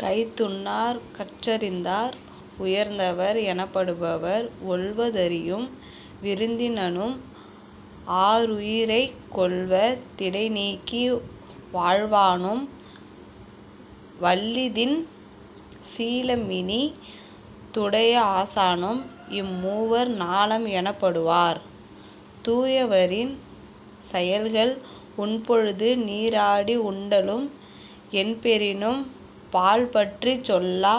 கைத்துண்ணார் கற்றறிந் தார்.. உயர்ந்தவர் எனப்படுபவர் ஒல்வ தறியும் விருந்தினனும் ஆருயிரைக் கொல்வ திடைநீக்கி வாழ்வானும் வல்லிதின் சீலமினி துடைய ஆசானும் இம்மூவர் ஞாலம் எனப்படு வார்.. தூயவரின் செயல்கள் உண்பொழுது நீராடி உண்டலும் என்பெறினும் பால்பற்றிச் சொல்லா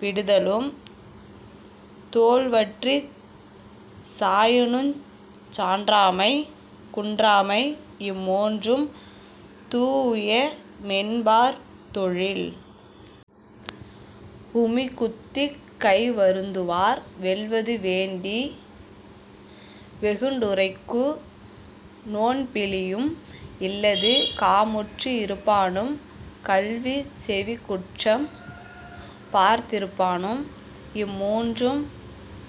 விடுதலும் தோல்வற்றிச் சாயினுஞ் சான்றாமை குன்றாமை இம்மூன்றும் தூஉய மென்பார் தொழில்.. உமி குத்திக் கை வருந்துவார் வெல்வது வேண்டி வெகுண்டுரைக்கு நோன்பிலியும் இல்லது காமுற்று இருப்பானும் கல்வி செவிக்குற்றம் பார்த்திருப்பானும் இம்மூன்றும்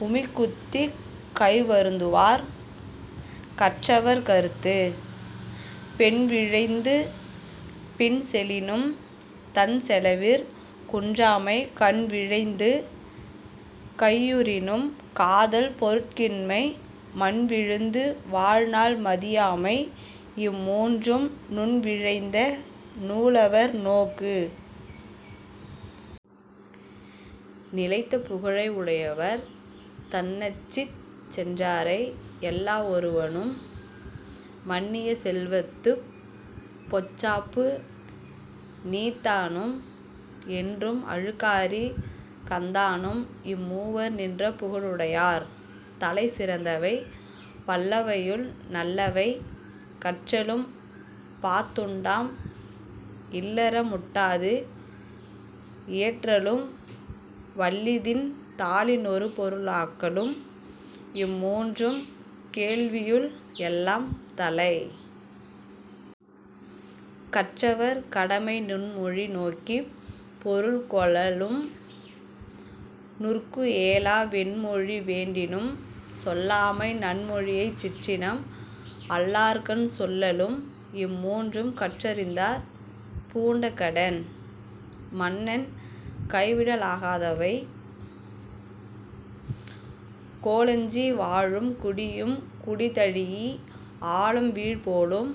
உமிக்குத்திக் கைவருந்துவார்.. கற்றவர் கருத்து. பெண்விழைந்து பின்செலினும் தன்செலவிற் குன்றாமை கண்விழைந்து கையுறினும் காதல் பொருட்கின்மை மண்விழுந்து வாழ்நாள் மதியாமை இம்மூன்றும் நுண்விழைந்த நூலவர் நோக்கு.. நிலைத்த புகழை உடையவர் தன்நச்சிச் சென்றாரை எள்ளா வொருவனும் மன்னிய செல்வத்துப் பொச்சாப்பு நீத்தானும் என்றும் அழுக்காறி கந்தானும் இம்மூவர் நின்ற புகழுடை யார்.. தலை சிறந்தவை பல்லவையுள் நல்லவை கற்றலும் பாத்துண்டாம் இல்லற முட்டாது இயற்றலும் வல்லிதின் தாளி னொருபொரு ளாக்கலும் இம்மூன்றும் கேள்வியுள் எல்லாம் தலை.. கற்றவர் கடமை நுண்மொழி நோக்கிப் பொருள்கொளலும் நுற்குஏலா வெண்மொழி வேண்டினும் சொல்லாமை நன்மொழியைச் சிற்றினம் அல்லார்கண் சொல்லலும் இம்மூன்றும் கற்றறிந்தார் பூண்ட கடன்.. மன்னன் கைவிடலாகாதவை கோலஞ்சி வாழும் குடியும் குடிதழீஇ ஆலம்வீழ் போலும்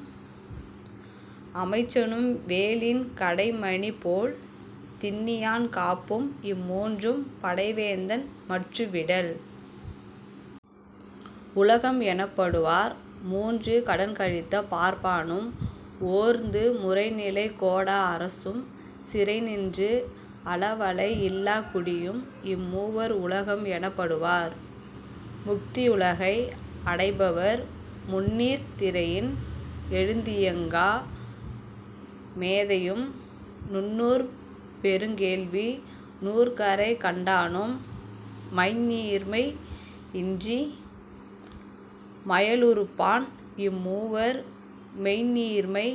அமைச்சனும் வேலின் கடைமணிபோல் திண்ணியான் காப்பும் இம்மூன்றும் படைவேந்தன் மற்று விடல்.. உலகம் எனப்படுவார் மூன்று கடன்கழித்த பார்ப்பானும் ஓர்ந்து முறைநிலை கோடா அரசும் சிறைநின்று அலவலை இல்லாக் குடியும் இம்மூவர் உலகம் எனப்படு வார்.. முக்தியுலகை அடைபவர் முந்நீர்த் திரையின் எழுந்தியங்கா மேதையும் நுண்ணூற் பெருங்கேள்வி நூற்கரை கண்டானும் மைந்நீர்மை இன்றி மயலுறுப்பான் இம்மூவர் மெய்ந்நீர்மை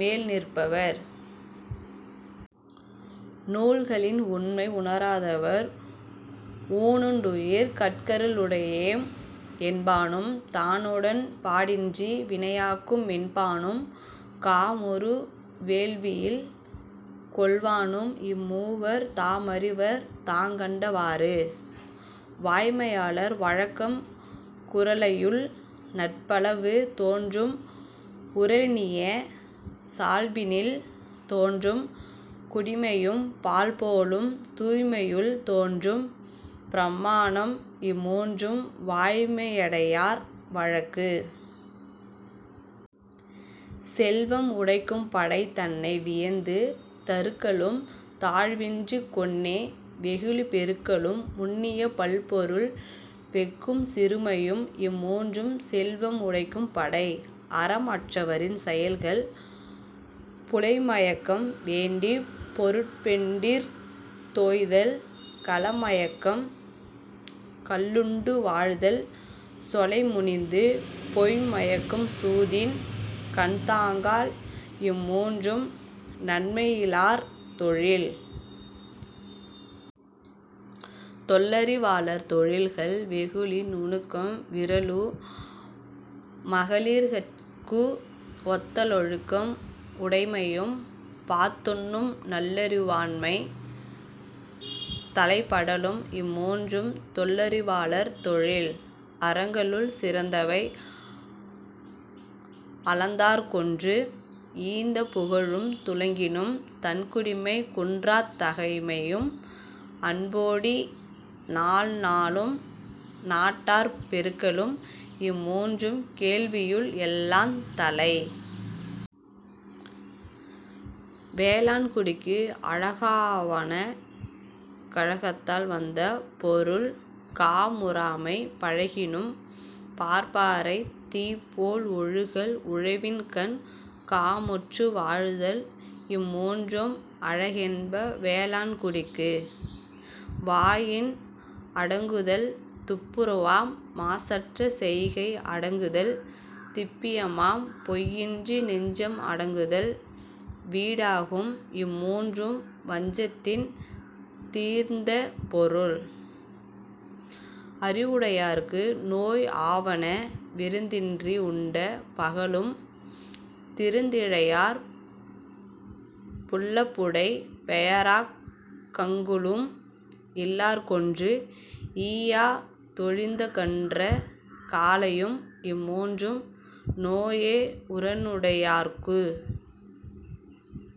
மேல் நிற்பவர்.. நூல்களின் உண்மை உணராதவர் ஊனுண்டுயிர் கட்கருளுடையேம் என்பானும் தானுடன் பாடின்றி வினையாக்கும் மென்பானும் காமுறு வேள்வியில் கொல்வானும் இம்மூவர் தாமறிவர் தாங்கண்ட வாறு.. வாய்மையாளர் வழக்கம் குறளையுள் நட்பளவு தோன்றும் உறலினிய சால்பினில் தோன்றும் குடிமையும் பால்போலும் தூய்மையுள் தோன்றும் பிரமாணம் இம்மூன்றும் வாய்மை யடையார் வழக்கு.. செல்வம் உடைக்கும் படை தன்னை வியந்து தருக்கலும் தாழ்வின்றிக் கொன்னே வெகுளி பெருக்கலும் முன்னிய பல்பொருள் வெஃகும் சிறுமையும் இம்மூன்றும் செல்வம் உடைக்கும் படை.. அறம் அற்றவரின் செயல்கள் புலைமயக்கம் வேண்டிப் பொருட்பெண்டிர்த் தோய்தல் கலமயக்கம் கள்ளுண்டு வாழ்தல் சொலைமுனிந்து பொய்ம்மயக்கம் சூதின் கண்தாங்கால் இம்மூன்றும் நன்மையி லாளர் தொழில்.. தொல்லறிவாளர் தொழில்கள் வெகுளி நுணுக்கும் விறலு மகளிர்கட்கு ஒத்த லொழுக்கம் உடைமையும் பாத்துண்ணும் நல்லறி வாண்மை தலைப்படலும் இம்மூன்றும் தொல்லறி வாளர் தொழில்.. அறங்களுள் சிறந்தவை அலந்தார்க்கொன்று ஈந்த புகழும் துளங்கினும் தன்குடிமை குன்றாத் தகைமையும் அன்போடி நாள்நாளும் நாட்டார்ப் பெருக்கலும் இம்மூன்றும் கேள்வியுள் எல்லாந் தலை.. வேளாண்குடிக்கு அழகாவன கழகத்தால் வந்த பொருள் காமுறாமை பழகினும் பார்ப்பாரைத் தீப்போல் ஒழுகல் உழவின்கண் காமுற்று வாழ்தல் இம்மூன்றும் அழகென்ப வேளாண் குடிக்கு. வாயின் அடங்குதல் துப்புரவாம் மாசற்ற செய்கை அடங்குதல் திப்பியமாம் பொய்யின்றி நெஞ்சம் அடங்குதல் வீடாகும் இம்மூன்றும் வஞ்சத்தின் தீர்ந்த பொருள்.. அறிவுடையாருக்கு நோய் ஆவன விருந்தின்றி உண்ட பகலும் திருந்திழையார் புல்லப்புடை பெயராக் கங்குலும் இல்லார்க்கொன்று ஈயா தொழிந்தகன்ற காலையும் இம்மூன்றும் நோயே உரனுடை யார்க்கு..